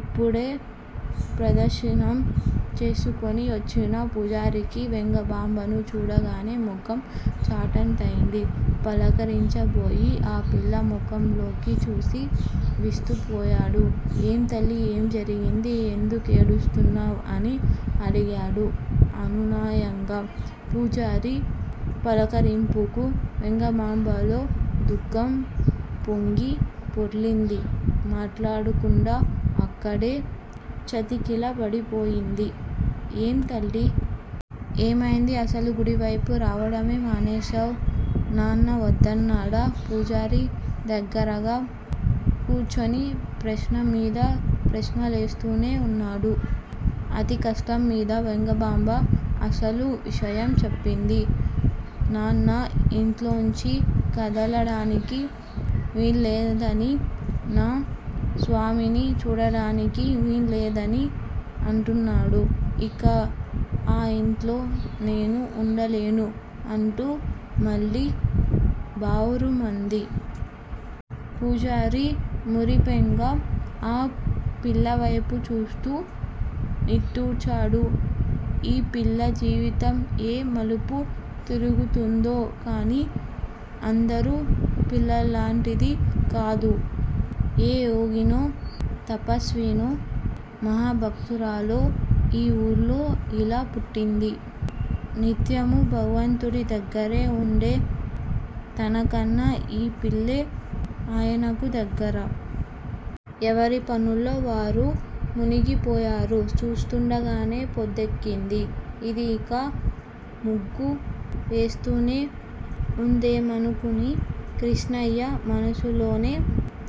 ఇప్పుడే ప్రదక్షిణం చేసుకుని వచ్చిన పూజారికి వెంగమాంబను చూడగానే ముఖం చాటంతయింది. పలకరించబోయి ఆపిల్ల ముఖంలోకి చూసి విస్తుపోయాడు. ఏం తల్లీ? ఏం జరిగింది? ఎందుకేడుస్తున్నావు? అని అడిగాడు అనయంగా. పూజారి పలకరింపుకు వెంగమాంబలో దుఃఖం పొంగి పొర్లింది. మాట్లాడకుండా అక్కడే చతికిలబడిపోయింది. ఏం తల్లీ! ఏమయింది? అసలు గుడివైపు రావడమే మానేశావు. నాన్న వద్దన్నాడా? పూజారి దగ్గరగా కూర్చుని ప్రశ్నమీద ప్రశ్నలేస్తూనే ఉన్నాడు. అతికష్టంమీద వెంగమాంబ అసలు విషయం చెప్పింది. నాన్న ఇంట్లోంచి కదలడానికి వీల్లేదని, నా స్వామిని చూడడానికి వీల్లేదని అంటున్నాడు. ఇక ఆ యింట్లో నేను ఉండలేను అంటూ మళ్ళీ బావురుమంది. పూజారి మురిపెంగా ఆ పిల్లవైపు చూస్తూ నిట్టూర్చాడు. ఈ పిల్ల జీవితం ఏ మలుపు తిరుగుతుందో కానీ, అందరు పిల్లల్లాంటిది కాదు. ఏ యోగినో, తపస్వినో, మహాభక్తురాలో ఈ ఊళ్లో ఇలా పుట్టింది. నిత్యమూ భగవంతుడి దగ్గరే ఉండే తనకన్నా ఈ పిల్లే ఆయనకు దగ్గర. ఎవరి పనుల్లో వారు మునిగిపోయారు. చూస్తూండగానే పొద్దెక్కింది. ఇది ఇంకా ముగ్గు వేస్తూనే ఉందేమోననుకుని కృష్ణయ్య మనసులోనే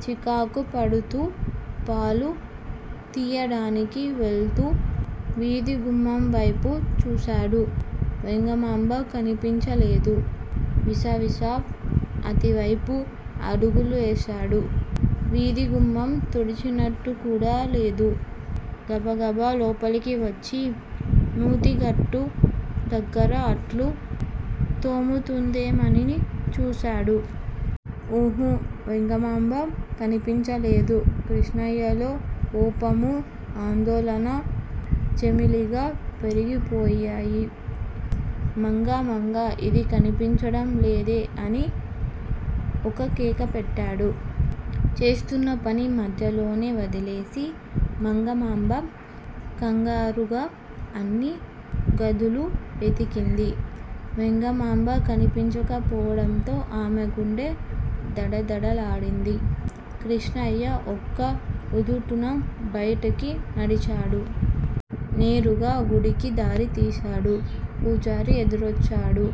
చికాకుపడుతూ పాలు తీయడానికి వెళుతూ వీథిగుమ్మంవైపు చూశాడు. వెంగమాంబ కనిపించలేదు. విసవిసా అతివైపు అడుగులేశాడు. వీథిగుమ్మం తుడిచినట్టు కూడా లేదు. గబగబ లోపలికి వచ్చి, నూతిగట్టు దగ్గర అట్లు తోముతుందేమోనని చూశాడు. ఉహూఁ వెంగమాంబ కనిపించలేదు. కృష్ణయ్యలో కోపమూ, ఆందోళన జమిలిగా పెరిగిపోయాయి. మంగా మంగా ఇది కనిపించడం లేదే అని ఒక్కకేకపెట్టాడు. చేస్తున్న పని మధ్యలోనే వదిలేసి మంగమాంబ కంగారుగా అన్ని గదులూ వెతికింది. వెంగమాంబ కనిపించకపోవడంతో ఆమె గుండె దడదడలాడింది. కృష్ణయ్య ఒక్క ఉదుటున బయటికి నడిచాడు. నేరుగా గుడికి దారి తీశాడు. పూజారి ఎదురొచ్చాడు.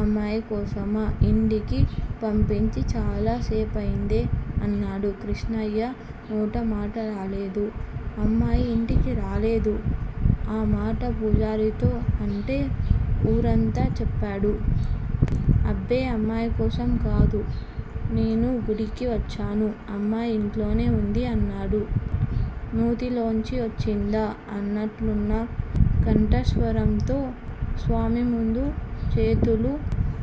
అమ్మాయి కోసమా? ఇంటికి పంపించి చాలా సేపయిందే అన్నాడు. కృష్ణయ్య నోటమాట రాలేదు. అమ్మాయి ఇంటికి రాలేదు ఆమాట పూజారితో అంటే ఊరంతా చెప్తాడు. అబ్బే అమ్మాయికోసం కాదు. నేను గుడికి వచ్చాను. అమ్మాయి ఇంట్లోనే ఉంది అన్నాడు నూతిలోంచి వచ్చిందా అన్నట్టున్న కంఠస్వరంతో స్వామిముందు చేతులు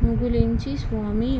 ముకుళించి స్వామీ!